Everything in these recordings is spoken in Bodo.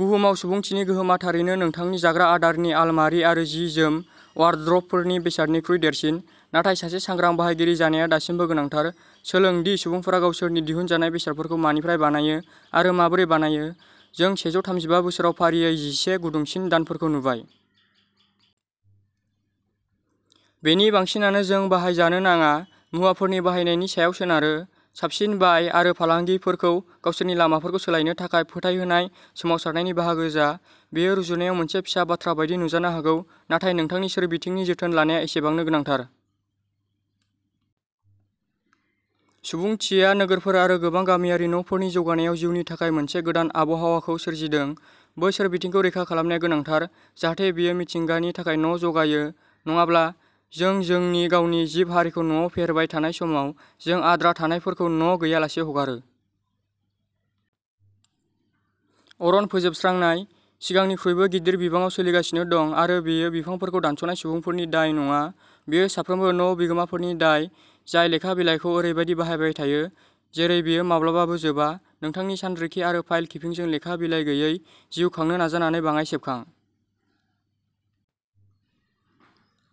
बुहुमाव सुबुंथिनि गोहोमआ थारैनो नोंथांनि जाग्रा आदारनि आलमारि आरो जि-जोम वार्ड्रबफोरनि बेसादनिख्रुइ देरसिन। नाथाय सासे सांग्रां बाहायगिरि जानाया दासिमबो गोनांथार। सोलों दि सुबुंफोरा गावसोरनि दिहुनजानाय बेसादफोरखौ मानिफ्राय बानायो आरो माबोरै बानायो। जों सेजौ थामजिबा बोसोराव फारियै जिसे गुदुंसिन दानफोरखौ नुबाय। बेनि बांसिनानो जों बाहायजानो नाङा मुवाफोरनि बाहायनायनि सायाव सोनारो। साबसिन बाय आरो फालांगिफोरखौ गावसोरनि लामाफोरखौ सोलायनो थाखाय फोथायहोनाय सोमावसारनायनि बाहागो जा। बेयो रुजुनायाव मोनसे फिसा बाथ्रा बायदि नुजानो हागौ, नाथाय नोंथांनि सोरबिथिंनि जोथोन लानाया एसेबांनो गोनांथार। सुबुंथिया नोगोरफोर आरो गोबां गामियारि न'फोरनि जौगानायाव जिउनि थाखाय मोनसे गोदान आबहावाखौ सोरजिदों। बै सोरबिथिंखौ रैखा खालामनाया गोनांथार जाहाथे बेयो मिथिंगानि थाखाय न' जगायो। नङाब्ला, जों जोंनि गावनि जिब-हारिखौ न'आव फेहेरबाय थानाय समाव, जों आद्रा थानायफोरखौ न' गैयालासे हगारो। अरन फोजोबस्रांनाय। सिगांनिख्रुइबो गिदिर बिबाङाव सोलिगासिनो दं आरो बेयो बिफांफोरखौ दानस'नाय सुबुंफोरनि दाय नङा। बेयो साफ्रोमबो न'बिगोमाफोरनि दाय जाय लेखा बिलाइखौ ओरैबायदि बाहायबाय थायो जेरै बेयो माब्लाबाबो जोबा। नोंथांनि सानरिखि आरो फाइल-किपिंजों लेखा बिलाइ गैयै जिउ खांनो नाजानानै बाङाय सेबखां।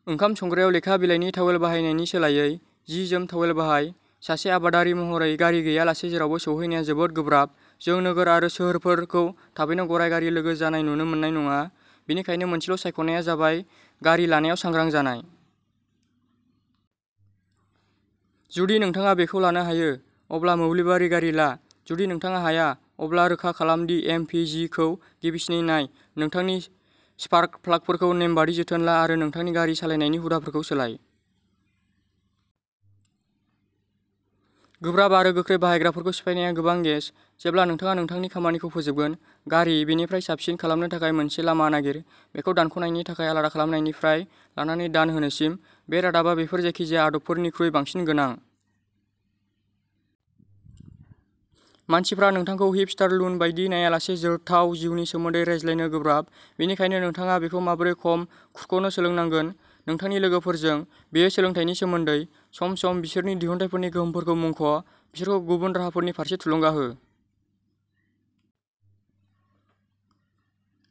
ओंखाम संग्रायाव लेखा बिलाइनि तावेल बाहायनायनि सोलायै, जि-जोम तावेल बाहाय। सासे आबादारि महरै, गारि गैयालासे जेरावबो सौहैनाया जोबोद गोब्राब। जों नोगोर आरो सोहोरफोरखौ थाबैनो गराय-गारि लोगो जानाय नुनो मोननाय नङा। बेनिखायनो मोनसेल' सायख'नायआ जाबाय गारि लानायाव सांग्रां जानाय। जुदि नोंथाङा बेखौ लानो हायो, अब्ला मोब्लिबारि गारि ला। जुदि नोंथाङा हाया, अब्ला रोखा खालाम दि एम पि जि खौ गिबिसिनै नाय। नोंथांनि स्पार्क प्लागफोरखौ नेमबादि जोथोन ला आरो नोंथांनि गारि सालायनायनि हुदाफोरखौ सोलाय। गोब्राब आरो गोख्रै बाहायग्राफोरखौ सिफायनायआ गोबां गेस। जेब्ला नोंथाङा नोंथांनि खामानिखौ फोजोबगोन। गारि, बेनिफ्राय साबसिन खालामनो थाखाय मोनसे लामा नागिर। बेखौ दानख'नायनि थाखाय आलादा खालामनायनिफ्राय लानानै दान होनोसिम। बे रादाबा बेफोर जायखिजाया आदबफोरनिख्रुइ बांसिन गोनां। मानसिफ्रा नोंथांखौ हिपस्टार लुन बायदि नायालासे जोरथाव जिउनि सोमोन्दै रायज्लायनो गोब्राब। बेनिखायनो नोंथाङा बेखौ माबोरै खम खुरख'नो सोलोंनांगोन। नोंथांनि लोगोफोरजों, बेयो सोलोंथायनि सोमोन्दै। सम-सम बिसोरनि दिहुनथायफोरनि गोहोमफोरखौ मुंख'। बिसोरखौ गुबुन राहाफोरनि फारसे थुलुंगा हो।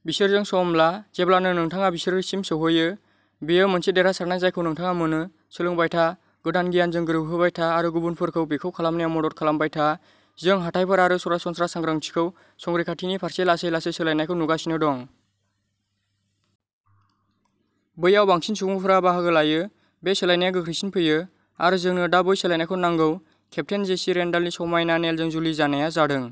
बिसोरजों सम ला। जेब्लानो नोंथाङा बिसोरसिम सौहैयो, बेयो मोनसे देरहासारनाय जायखौ नोंथाङा मोनो। सोलोंबाय था, गोदान गियानजों गोरोबहोबाय था आरो गुबुनफोरखौ बेखौ खालामनायाव मदद खालामबाय था। जों हाथाइफोर आरो सरासनस्रा सांग्रांथिखौ संरैखाथिनि फारसे लासै-लासै सोलायनायखौ नुगासिनो दं। बैयाव बांसिन सुबुंफोरा बाहागो लायो, बे सोलायनायआ गोख्रैसिन फैयो। आरो जोंनो दा बै सोलायनायखौ नांगौ। केप्टेन जेसि रेन्डालनि समायना नेलजों जुलि जानाया जादों।